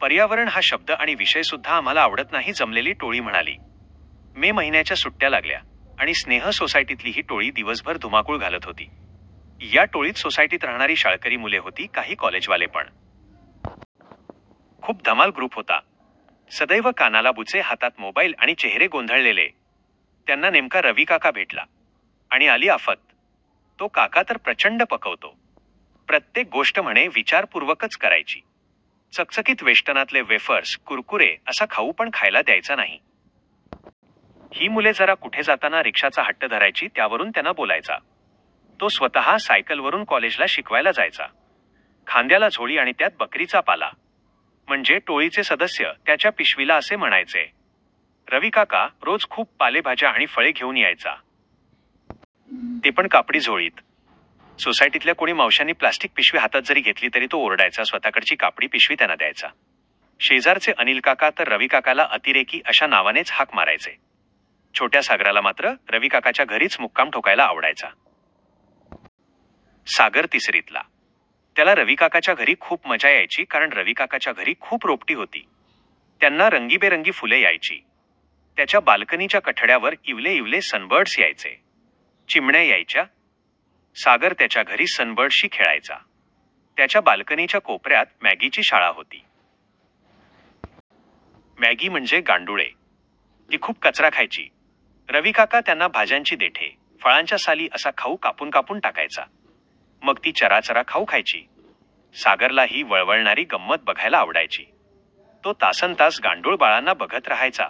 पर्यावरण हा शब्द आणि विषय सुद्धा आम्हाला आवडत नाही,' जमलेली टोळी म्हणाली. मे महिन्याच्या सुट्ट्या लागल्या आणि स्नेह सोसायटीतली ही टोळी दिवसभर धुमाकूळ घालत होती. या टोळीत सोसायटीत राहणारी शाळकरी मुले होती, काही कॉलेजवाले पण! खूप धमाल ग्रुप होता. सदैव कानाला बुचे, हातात मोबाईल आणि चेहरे गोंधळलेले! त्यांना नेमका रविकाका भेटला. आणि आली आफत! तो काका तर प्रचंड पकवतो. प्रत्येक गोष्ट म्हणे विचारपूर्वकच करायची. चकचकीत वेष्टनातले वेफर्स, कुरकुरे असा खाऊ पण खायला द्यायचा नाही. ही मुले जरा कुठे जाताना रिक्षाचा हट्ट धरायची, त्यावरून त्यांना बोलायचा. तो स्वतः सायकलवरून कॉलेजला शिकवायला जायचा. खांद्याला झोळी आणि त्यात 'बकरीचा पाला'! म्हणजे टोळीचे सदस्य त्याच्या पिशवीला असे म्हणायचे. रविकाका रोज खूप पालेभाज्या आणि फळे घेऊन यायचा. ते पण कापडी झोळीत. सोसायटीतल्या कोणी मावश्यांनी प्लास्टिक पिशवी हातात जरी घेतली तरी तो ओरडायचा, स्वतःकडची कापडी पिशवी त्यांना द्यायचा. शेजारचे अनिलकाका तर रविकाकाला 'अतिरेकी' अशा नावानेच हाक मारायचे. छोट्या सागरला मात्र रविकाकाच्या घरीच मुक्काम ठोकायला आवडायचा. सागर तिसरीतला. त्याला रविकाकाच्या घरी खूप मजा यायची, कारण रविकाकाच्या घरी खूप रोपटी होती. त्यांना रंगीबेरंगी फुले यायची. त्याच्या बाल्कनीच्या कठड्यावर इवले इवले सनबर्ड्स यायचे. चिमण्या यायच्या. सागर त्याच्या घरी सनबर्डशी खेळायचा. त्याच्या बाल्कनीच्या कोपऱ्यात मॅगीची शाळा होती. मॅगी म्हणजे गांडुळे. ती खूप कचरा खायची. रविकाका त्यांना भाज्यांची देठे, फळांच्या साली असा खाऊ कापून कापून टाकायचा. मग ती चराचरा खाऊ खायची. सागरला ही वळवळणारी गंमत बघायला आवडायची. तो तासनतास गांडूळ बाळांना बघत राहायचा.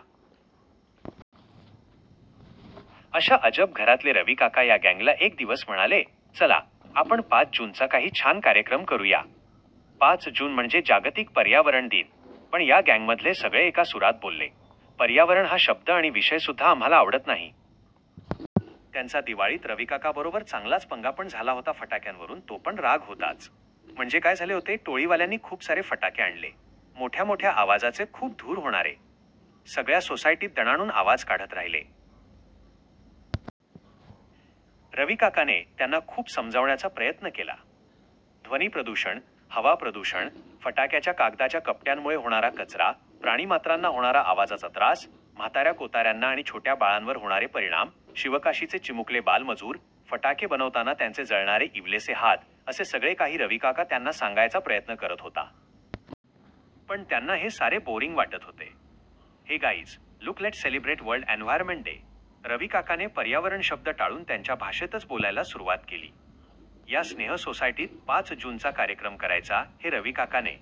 अशा अजब घरातले रविकाका या गँगला एक दिवस म्हणाले, 'चला आपण पाच जूनचा काही छान कार्यक्रम करूया. पाच जून म्हणजे जागतिक पर्यावरण दिन.' पण या गँगमधले सगळे एका सुरात बोलले- 'पर्यावरण हा शब्द आणि विषय सुद्धा आम्हाला आवडत नाही!' त्यांचा दिवाळीत रविकाकाबरोबर चांगलाच पंगा पण झाला होता फटाक्यांवरून, तो पण राग होताच. म्हणजे काय झाले होते, टोळीवाल्यांनी खूप सारे फटाके आणले. मोठ्या मोठ्या आवाजाचे, खूप धूर होणारे. सगळ्या सोसायटीत दणाणून आवाज काढत राहिले. रविकाकाने त्यांना खूप समजावण्याचा प्रयत्न केला. ध्वनी प्रदूषण, हवा प्रदूषण, फटाक्याच्या कागदाच्या कपट्यांमुळे होणारा कचरा, प्राणीमात्रांना होणारा आवाजाचा त्रास, म्हाताऱ्या-कोताऱ्यांना आणि छोट्या बाळांवर होणारे परिणाम, शिवकाशीचे चिमुकले बालमजूर, फटाके बनवताना त्यांचे जळणारे इवलेसे हात असे सगळे काही रविकाका त्यांना सांगायचा प्रयत्न करत होता. पण त्यांना हे सारे बोअरिंग वाटत होते. 'Hey guys, look let's celebrate world environment day!' रविकाकाने पर्यावरण शब्द टाळून त्यांच्या भाषेतच बोलायला सुरुवात केली. या स्नेह सोसायटीत पाच जूनचा कार्यक्रम करायचा हे रविकाकाने